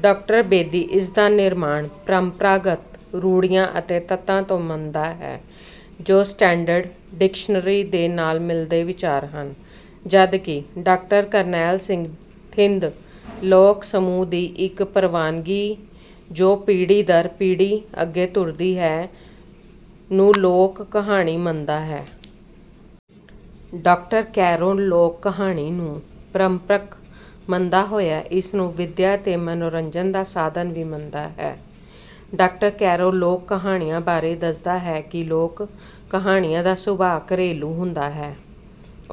Doctor Bedi ਇਸ ਦਾ ਨਿਰਮਾਣ ਪਰੰਪਰਾਗਤ ਰੂੜ੍ਹੀਆਂ ਅਤੇ ਤੱਤਾਂ ਤੋਂ ਮੰਨਦਾ ਹੈ ਜੋ ਸਟੈਂਡਰਡ ਡਿਕਸ਼ਨਰੀ ਦੇ ਨਾਲ ਮਿਲਦੇ ਵਿਚਾਰ ਹਨ ਜਦਕਿ ਡਾਕਟਰ ਕਰਨੈਲ ਸਿੰਘ ਥਿੰਦ ਲੋਕ ਸਮੂਹ ਦੀ ਉਹ ਪ੍ਰਵਾਨਗੀ ਜੋ ਪੀੜ੍ਹੀ ਦਰ ਪੀੜ੍ਹੀ ਅੱਗੇ ਤੁਰਦੀ ਹੈ ਨੂੰ ਲੋਕ ਕਹਾਣੀ ਮੰਨਦਾ ਹੈ। ਡਾਕਟਰ ਕੈਰੋਂ ਲੋਕ ਕਹਾਣੀ ਨੂੰ ਪਰੰਪਰਕ ਮੰਨਦਾ ਹੋਇਆ ਇਸਨੂੰ ਵਿਦਿਆ ਤੇ ਮਨੋਰੰਜਨ ਦਾ ਸਾਧਨ ਵੀ ਮੰਨਦਾ ਹੈ। ਡਾਕਟਰ ਕੈਰੋਂ ਲੋਕ ਕਹਾਣੀਆਂ ਬਾਰੇ ਦੱਸਦਾ ਹੈ ਲੋਕ ਕਹਾਣੀਆਂ ਦਾ ਸੁਭਾਅ ਘਰੇਲੂ ਹੁੰਦਾ ਹੈ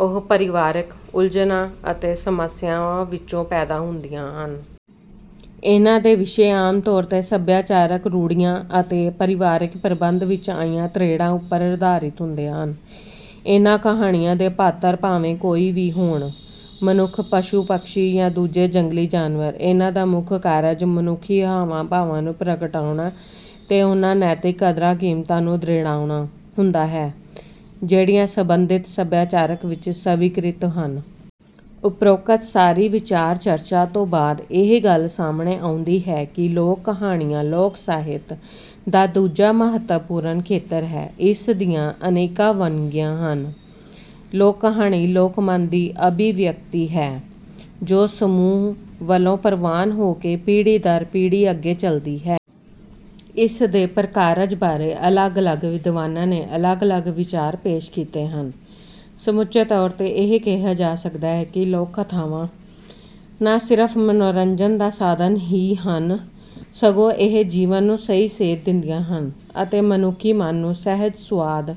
ਉਹ ਪਰਿਵਾਰਕ ਉਲਝਣਾਂ ਅਤੇ ਸਮੱਸਿਆਵਾਂ ਵਿੱਚੋਂ ਪੈਦਾ ਹੁੰਦੀਆਂ ਹਨ। ਇਹਨਾਂ ਦੇ ਵਿਸ਼ੇ ਆਮ ਤੌਰ ਤੇ ਸੱਭਿਆਚਾਰਕ ਰੂੜ੍ਹੀਆਂ ਅਤੇ ਪਰਿਵਾਰਕ ਪ੍ਰਬੰਧ ਵਿੱਚ ਆਈਆਂ ਤ੍ਰੇੜਾਂ ਉੱਪਰ ਆਧਾਰਿਤ ਹੁੰਦੇ ਹਨ। ਇਹਨਾਂ ਕਹਾਣੀਆਂ ਦੇ ਪਾਤਰ ਭਾਵੇਂ ਕੋਈ ਵੀ ਹੋਣ ਮਨੁੱਖ ਪਸ਼ੂ ਪੰਛੀ ਜਾਂ ਦੂਜੇ ਜੰਗਲੀ ਜਾਨਵਰ ਇਹਨਾਂ ਦਾ ਮੁੱਖ ਕਾਰਜ ਮਨੁੱਖੀ ਹਾਵਾਂ ਭਾਵਾਂ ਨੂੰ ਪ੍ਰਗਟਾਉਣਾ ਤੇ ਉਹਨਾਂ ਨੈਤਿਕ ਕਦਰਾਂ ਕੀਮਤਾਂ ਨੂੰ ਦ੍ਰਿੜਾਉਣਾ ਹੁੰਦਾ ਹੈ ਜਿਹੜੀਆਂ ਸੰਬੰਧਿਤ ਸੱਭਿਆਚਾਰ ਵਿੱਚ ਸਵੀਕ੍ਰਿਤ ਹਨ। ਉੱਪਰੋਕਤ ਸਾਰੀ ਵਿਚਾਰ ਚਰਚਾ ਤੋਂ ਬਾਅਦ ਇਹ ਗੱਲ ਸਾਹਮਣੇ ਆਉਂਦੀ ਹੈ ਕਿ ਲੋਕ ਕਹਾਣੀਆਂ ਲੋਕ ਸਾਹਿਤ ਦਾ ਦੂਜਾ ਮਹੱਤਵਪੂਰਨ ਖੇਤਰ ਹੈ। ਇਸ ਦੀਆਂ ਅਨੇਕਾਂ ਵੰਨਗੀਆਂ ਹਨ। ਲੋਕ ਕਹਾਣੀ ਲੋਕਮਨ ਦੀ ਅਭਿਵਿਅਕਤੀ ਹੈ ਜੋ ਸਮੂਹ ਵੱਲੋਂ ਪ੍ਰਵਾਨ ਹੋ ਕੇ ਪੀੜ੍ਹੀ ਦਰ ਪੀੜ੍ਹੀ ਅੱਗੇ ਚਲਦੀ ਹੈ। ਇਸ ਦੇ ਪ੍ਰਕਾਰਜ ਬਾਰੇ ਅਲੱਗ ਅਲੱਗ ਵਿਦਵਾਨਾਂ ਨੇ ਅਲੱਗ ਅਲੱਗ ਵਿਚਾਰ ਪੇਸ਼ ਕੀਤੇ ਹਨ। ਸਮੁੱਚੇ ਤੌਰ ਤੇ ਇਹ ਕਿਹਾ ਜਾ ਸਕਦਾ ਹੈ ਕਿ ਲੋਕ ਕਥਾਵਾਂ ਨਾ ਸਿਰਫ਼ ਮਨੋਰੰਜਨ ਦਾ ਸਾਧਨ ਹੀ ਹਨ ਸਗੋਂ ਇਹ ਜੀਵਨ ਨੂੰ ਸਹੀ ਸੇਧ ਦਿੰਦੀਆਂ ਹਨ ਅਤੇ ਮਨੁੱਖੀ ਮਨ ਨੂੰ ਸਹਿਜ ਸੁਆਦ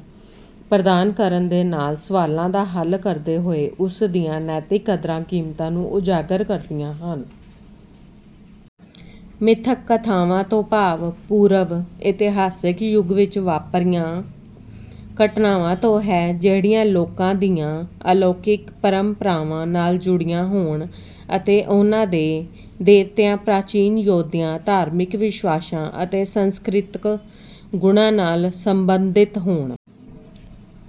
ਪ੍ਰਦਾਨ ਕਰਨ ਦੇ ਨਾਲ ਸਵਾਲਾਂ ਦਾ ਹੱਲ ਕਰਦੇ ਹੋਏ ਉਸ ਦੀਆਂ ਨੈਤਿਕ ਕਦਰਾਂ ਕੀਮਤਾਂ ਨੂੰ ਉਜਾਗਰ ਕਰਦੀਆਂ ਹਨ। ਮਿੱਥਕ ਕਥਾਵਾਂ ਤੋਂ ਭਾਵ ਪੂਰਵ ਇਤਿਹਾਸਿਕ ਯੁੱਗ ਵਿੱਚ ਵਾਪਰੀਆਂ ਘਟਨਾਵਾਂ ਤੋਂ ਹੈ ਜਿਹੜੀਆਂ ਲੋਕਾਂ ਦੀਆਂ ਅਲੌਕਿਕ ਪਰੰਪਰਾਵਾਂ ਨਾਲ ਜੁੜੀਆਂ ਹੋਣ ਅਤੇ ਉਹਨਾਂ ਦੇ ਦੇਵਤਿਆਂ ਪ੍ਰਾਚੀਨ ਯੋਧਿਆਂ ਧਾਰਮਿਕ ਵਿਸ਼ਵਾਸਾਂ ਅਤੇ ਸੰਸਕ੍ਰਿਤਕ ਗੁਣਾਂ ਨਾਲ ਸਬੰਧਿਤ ਹੋਣ।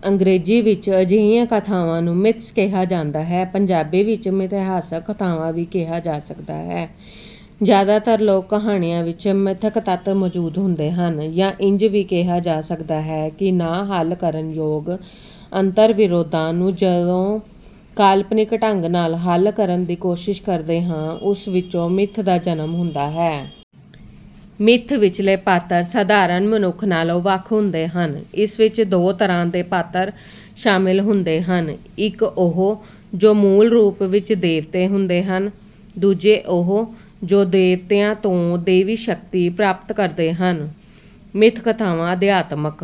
ਅੰਗਰੇਜ਼ੀ ਵਿੱਚ ਅਜਿਹੀਆਂ ਕਥਾਵਾਂ ਨੂੰ ਮਿਥਸ ਕਿਹਾ ਜਾਂਦਾ ਹੈ। ਪੰਜਾਬੀ ਵਿੱਚ ਮਿਥਿਹਾਸਕ ਕਥਾਵਾਂ ਵੀ ਕਿਹਾ ਜਾ ਸਕਦਾ ਹੈ। ਜ਼ਿਆਦਾਤਰ ਲੋਕ ਕਹਾਣੀਆਂ ਵਿੱਚ ਮਿੱਥਕ ਤੱਤ ਮੌਜੂਦ ਹੁੰਦੇ ਹਨ ਜਾਂ ਇੰਝ ਵੀ ਕਿਹਾ ਜਾ ਸਕਦਾ ਹੈ ਕਿ ਨਾ ਹੱਲ ਕਰਨ ਯੋਗ ਅੰਤਰ ਵਿਰੋਧਾਂ ਨੂੰ ਜਦੋਂ ਕਾਲਪਨਿਕ ਢੰਗ ਨਾਲ ਹੱਲ ਕਰਨ ਦੀ ਕੋਸ਼ਿਸ਼ ਕਰਦੇ ਹਾਂ ਉਸ ਵਿੱਚੋਂ ਮਿੱਥ ਦਾ ਜਨਮ ਹੁੰਦਾ ਹੈ। ਮਿੱਥ ਵਿੱਚਲੇ ਪਾਤਰ ਸਧਾਰਨ ਮਨੁੱਖ ਨਾਲੋਂ ਵੱਖ ਹੁੰਦੇ ਹਨ। ਇਸ ਵਿੱਚ ਦੋ ਤਰ੍ਹਾਂ ਦੇ ਪਾਤਰ ਸ਼ਾਮਿਲ ਹੁੰਦੇ ਹਨ। ਇੱਕ ਉਹ ਜੋ ਮੂਲ ਰੂਪ ਵਿੱਚ ਦੇਵਤੇ ਹੁੰਦੇ ਹਨ। ਦੂਜੇ ਉਹ ਜੋ ਦੇਵਤਿਆਂ ਤੋਂ ਦੇਵੀ ਸ਼ਕਤੀ ਪ੍ਰਾਪਤ ਕਰਦੇ ਹਨ। ਮਿੱਥ ਕਥਾਵਾਂ ਅਧਿਆਤਮਕ